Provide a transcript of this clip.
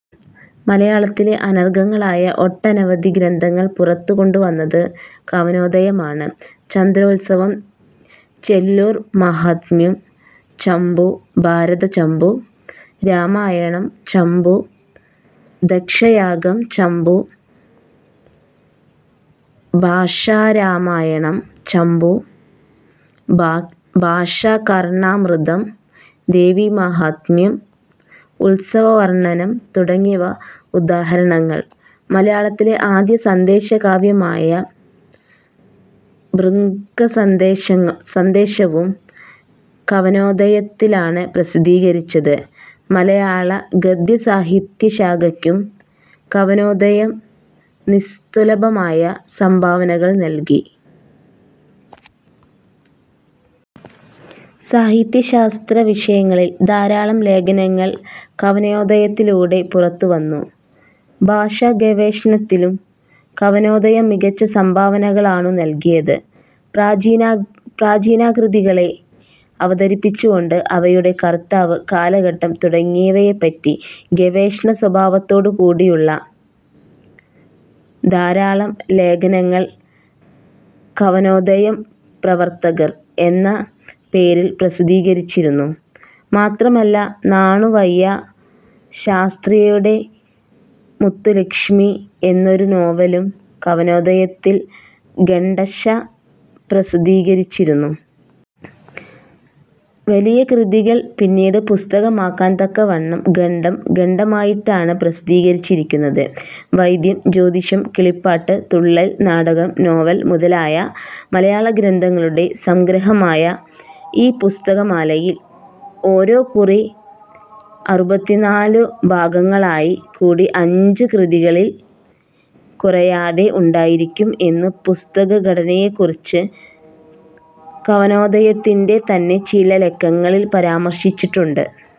മലയാളത്തിലെ അനർഘങ്ങളായ ഒട്ടനവധി ഗ്രന്ഥങ്ങൾ പുറത്തുകൊണ്ടുവന്നത് കവനോദയമാണ്. ചന്ദ്രോത്സവം, ചെല്ലൂർ മാഹാത്മ്യം ചമ്പു, ഭാരതചമ്പു, രാമായണം ചമ്പു, ദക്ഷയാഗം ചമ്പു, ഭാഷാരാമായണം ചമ്പു, ഭാഷാകർണാമൃതം, ദേവീമാഹാത്മ്യം, ഉത്സവവർണ്ണനം തുടങ്ങിയവ ഉദാഹരണങ്ങൾ. മലയാളത്തിലെ ആദ്യ സന്ദേശകാവ്യമായ ഭൃംഗസന്ദേശവും കവനോദയത്തിലാണ് പ്രസിദ്ധീകരിച്ചത്. മലയാള ഗദ്യസാഹിത്യ ശാഖയ്ക്കും കവനോദയം നിസ്തുലമായ സംഭാവനകൾനല്കി. സാഹിത്യ-ശാസ്ത്ര വിഷയങ്ങളിൽ ധാരാളം ലേഖനങ്ങൾ കവനോദയത്തിലൂടെ പുറത്തുവന്നു. ഭാഷാഗവേഷണത്തിലും കവനോദയം മികച്ച സംഭാവനകളാണു നല്കിയത്. പ്രാചീനകൃതികളെ അവതരിപ്പിച്ചുകൊണ്ട് അവയുടെ കർത്താവ്, കാലഘട്ടം തുടങ്ങിയവയെപ്പറ്റി ഗവേഷണസ്വഭാവത്തോടുകൂടിയ ധാരാളം ലേഖനങ്ങൾ 'കവനോദയം പ്രവർത്തകർ' എന്ന പേരിൽ പ്രസിദ്ധീകരിച്ചിരുന്നു. മാത്രമല്ല നാണുവയ്യാ ശാസ്ത്രിയുടെ മുത്തുലക്ഷ്മി എന്നൊരു നോവലും കവനോദയത്തിൽ ഖണ്ഡശ്ശ പ്രസിദ്ധീകരിച്ചിരുന്നു. വലിയകൃതികൾ പിന്നീട് പുസ്തകമാക്കാൻ തക്കവണ്ണം ഖണ്ഡം ഖണ്ഡമായിട്ടാണ് പ്രസിദ്ധീകരിച്ചിരിക്കുന്നത്. 'വൈദ്യം, ജ്യോതിഷം, കിളിപ്പാട്ട്, തുള്ളൽ, നാടകം, നോവൽ മുതലയ മലയാള ഗ്രന്ഥങ്ങളുടെ സംഗ്രഹമായ ഈ പുസ്തകമാലയിൽ ഓരോകുറി അറുപത്തിനാലു ഭാഗങ്ങളിൽ കൂടി അഞ്ച് കൃതികളിൽ കുറയാതെ ഉണ്ടായിരിക്കും' എന്ന് പുസ്തക ഘടനയെക്കുറിച്ച് കവനോദയത്തിന്റെ തന്നെ ചില ലക്കങ്ങളിൽ പരാമർശിച്ചിട്ടുണ്ട്.